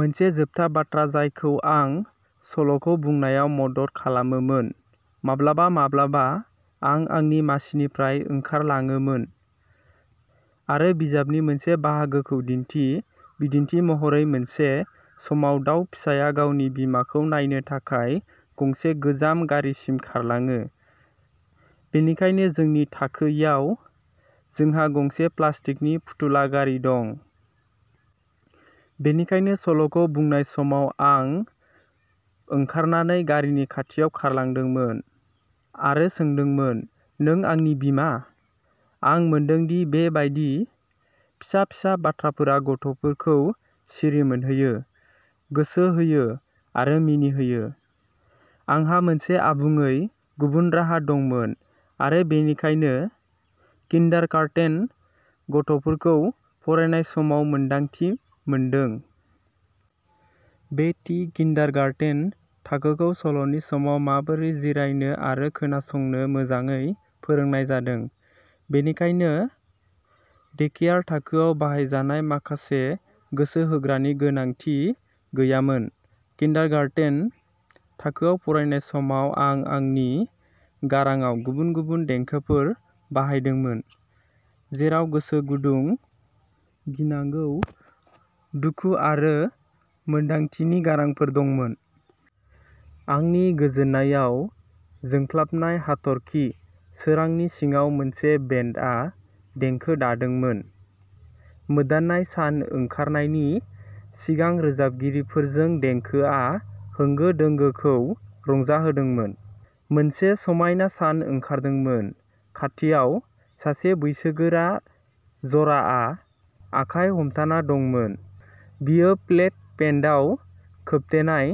मोनसे जोबथा बाथ्रा जायखौ आं सल'खौ बुंनायाव मदद खालामोमोन, माब्लाबा-माब्लाबा, आं आंनि मासिनिफ्राय ओंखारलाङोमोन, आरो बिजाबनि मोनसे बाहागोखौ दिन्थि। बिदिन्थि महरै, मोनसे समाव दाउ फिसाया गावनि बिमाखौ नायनो थाखाय गंसे गोजाम गारिसिम खारलाङो; बेनिखायनो जोंनि थाखोयाव, जोंहा गंसे प्लास्टिकनि फुथुला गारि दं। बेनिखायनो सल'खौ बुंनाय समाव, आं ओंखारनानै गारिनि खाथियाव खारलांदोंमोन, आरो सोंदोंमोन "नों, आंनि बिमा? " आं मोनदों दि बे बायदि फिसा-फिसा बाथ्राफोरा गथ'फोरखौ सिरिमोनहोयो, गोसो होयो आरो मिनिहोयो। आंहा मोनसे आबुङै गुबुन राहा दंमोन, आरो बेनिखायनो किन्डारगार्टेन गथ'फोरखौ फरायनाय समाव मोन्दांथि मोनदों। बे थि किन्डारगार्टेन थाखोखौ सल'नि समाव माबोरै जिरायनो आरो खोनासंनो मोजाङै फोरोंनाय जादों, बेनिखायनो डेकेयार थाखोआव बाहायजानाय माखासे गोसो होग्रानि गोनांथि गैयामोन। किन्डारगार्टेन थाखोयाव फरायनाय समाव, आं आंनि गारांआव गुबुन-गुबुन देंखोफोर बाहायदोंमोन, जेराव गोसो गुदुं, गिनांगौ, दुखु आरो दिदोमथिनि गारांफोर दंमोन। आंनि गोजोननायाव, जोंख्लाबनाय हाथरखि सोरांनि सिङाव मोनसे बेन्डआ देंखो दादोंमोन। मोदाननाय सान ओंखारनायनि सिगां रोजाबगिरिफोरजों देंखोआ होंगो-दोंगोखौ रंजाहोदोंमोन। मोनसे समायना सान ओंखारदोंमोन। खाथियाव, सासे बैसोगोरा जराआ आखाइ हमथाना दंमोन। बियो, प्लेड पेन्टआव खोबथेनाय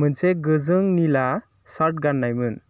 मोनसे गोजों निला शार्ट गाननायमोन।